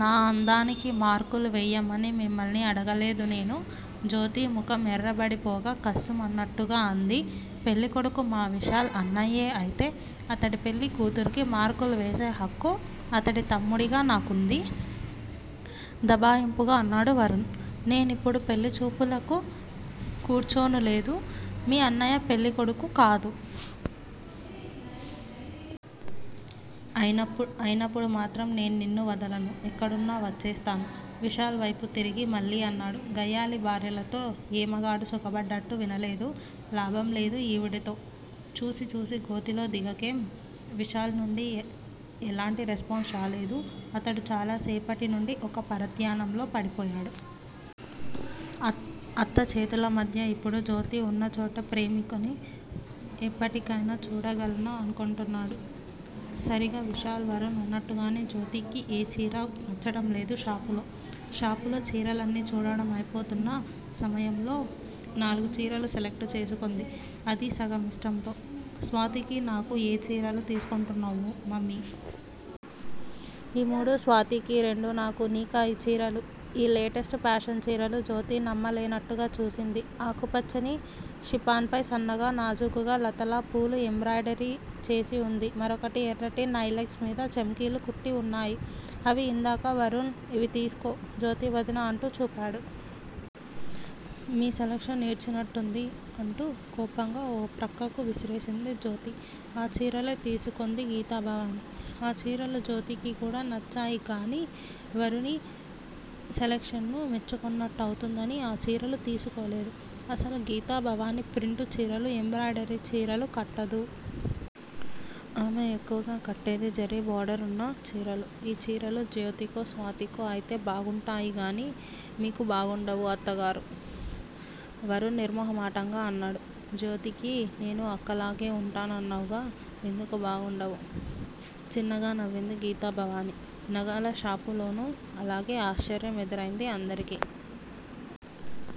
నా అందానికి మార్కులు వెయ్యమని మిమ్మల్ని అడగలేదు నేను. జ్యోతి ముఖం ఎర్రబడిపోగా కస్సుమన్నట్టుగా అంది. పెళ్ళికొడుకు మా విశాల్ అన్నయ్యే అయితే అతడి పెళ్ళి కూతురికి మార్కులు వేసే హక్కు అతడి తమ్ముడిగా నాకుంది! దబాయింపుగా అన్నాడు వరుణ్. నేనిప్పుడు పెళ్ళిచూపులకు కూర్చోనూలేదు! మీ అన్నయ్య పెళ్ళి కొడుకూ కాదు! అయినప్పుడు మాత్రం నేను నిన్ను వదలను! ఎక్కడున్నా వచ్చేస్తాను! విశాల్ వైపు తిరిగి మళ్ళీ అన్నాడు. గయ్యాళి భార్యలతో ఏ మగాడూ సుఖపడ్డట్టు వినలేదు! లాభంలేదు ఈవిడతో. చూసిచూసి గోతిలో దిగకేం? విశాల్ నుండి ఎలాంటి రెస్పాన్స్ రాలేదు. అతడు చాలాసేపటి నుండి ఒక పరధ్యానంలో పడిపోయాడు. అత్త చేతులమధ్య ఇప్పుడు జ్యోతి ఉన్నచోట ప్రేమికని ఎప్పటికైనా చూడగలనా అనుకొంటున్నాడు. సరిగా విశాల్, వరుణ్ అన్నట్టుగానే జ్యోతికి ఏ చీరా నచ్చడంలేదు షాపులో. షాపులో చీరలన్నీ చూడడం అయిపోతున్న సమయంలో నాలుగు చీరలు సెలెక్ట్ చేసుకొంది. అదీ సగం ఇష్టంతో. స్వాతికీ, నాకూ ఏం చీరలు తీసుకొంటున్నావు, మమ్మీ? ఈ మూడు స్వాతికి, ఈ రెండు నాకూ! నీకా ఈ చీరలు? ఈ లేటెస్ట్ ఫాషన్ చీరలు? జ్యోతి నమ్మలేనట్టుగా చూసింది. ఆకుపచ్చని షిపాన్ పై సన్నగా, నాజూకుగా లతలా, పూలూ ఎంబ్రాయిడరీచేసి ఉంది! మరొకటి ఎర్రటి నైలెక్స్ మీద చెమ్కీలు కుట్టిఉన్నాయి! అవి ఇందాకా వరుణ్, ఇవి తీసుకో, జ్యోతి వదినా అంటూ చూపాడు. మీ సెలెక్షన్ ఏడ్చినట్టుంది! అంటూ కోపంగా ఓ ప్రక్కకు విసిరేసింది జ్యోతి. ఆ చీరలే తీసుకొంది గీతాభవాని. ఆ చీరలు జ్యోతికికూడా నచ్చాయి గాని వరుణి సెలెక్షన్ ను మెచ్చుకొన్నట్టు అవుతుందని ఆ చీరలు తీసుకోలేదు! అసలు గీతాభవాని ప్రింటు చీరలు, ఎంబ్రాయిడరీ చీరలు కట్టదు! ఆమె ఎక్కువగా కట్టేది జరీ బార్డర్ ఉన్న చీరలు! ఈ చీరలు జ్యోతికో, స్వాతికో అయితే బాగుంటాయిగాని మీకు బాగుండవు, అత్తగారూ! వరుణ్ నిర్మొహమాటంగా అన్నాడు. జ్యోతికి నేను అక్కలాగే ఉంటా నన్నావుగా? ఎందుకు బాగుండవు? చిన్నగా నవ్వింది గీతాభవాని. నగలషాపులోనూ అలాగే ఆశ్చర్యం ఎదురైంది అందరికీ.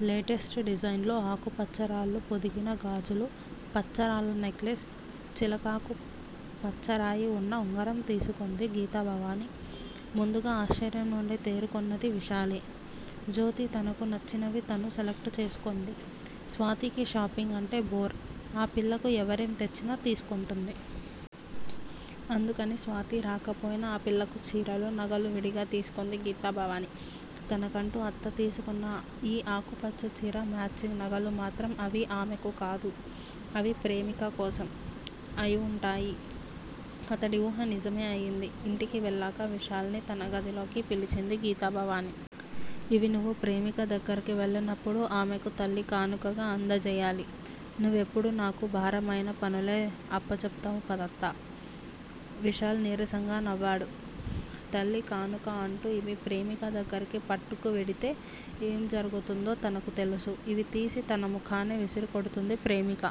లేటెస్ట్ డిజైన్ లో ఆకుపచ్చరాళ్ళు పొదిగిన గాజులు, పచ్చరాళ్ళ నెక్లెస్, చిలకాకు పచ్చరాయి ఉన్న ఉంగరం తీసుకొంది గీతాభవాని. ముందుగా ఆశ్చర్యం నుండి తేరుకొన్నది విశాలే! జ్యోతి తనకు నచ్చినవి తను సెలెక్ట్ చేసుకొంది. స్వాతికి షాపింగ్ అంటే బోర్. ఆ పిల్లకు ఎవరేం తెచ్చినా తీసుకొంటుంది. అందుకని, స్వాతి రాకపోయినా ఆ పిల్లకు చీరలు, నగలు విడిగా తీసుకొంది గీతాభవాని. తనకంటూ అత్తతీసుకొన్న ఈ ఆకుపచ్చ చీరా, మ్యాచింగ్ నగలు మాత్రం అవి ఆమెకు కాదు! అవి ప్రేమిక కోసం అయివుంటాయి! అతడి ఊహ నిజమే అయింది. ఇంటికి వెళ్ళాక విశాల్ ని తన గదిలోకి పిలిచింది గీతాభవాని. ఇవి నువ్వు ప్రేమిక దగ్గరికి వెళ్ళినప్పుడు ఆమెకు తల్లి కానుకగా అంధజేయాలి! నువ్వెప్పుడూ నాకు భారమైన పనులే అప్పజెప్పుతావు కదత్తా! విశాల్ నీరసంగా నవ్వాడు తల్లి కానుక అంటూ ఇవి ప్రేమిక దగ్గరికి పట్టుకు వెడితే ఏం జరుగుతుందో తనకు తెలుసు. ఇవి తీసి తన ముఖానే విసిరికొడుతుంది ప్రేమిక.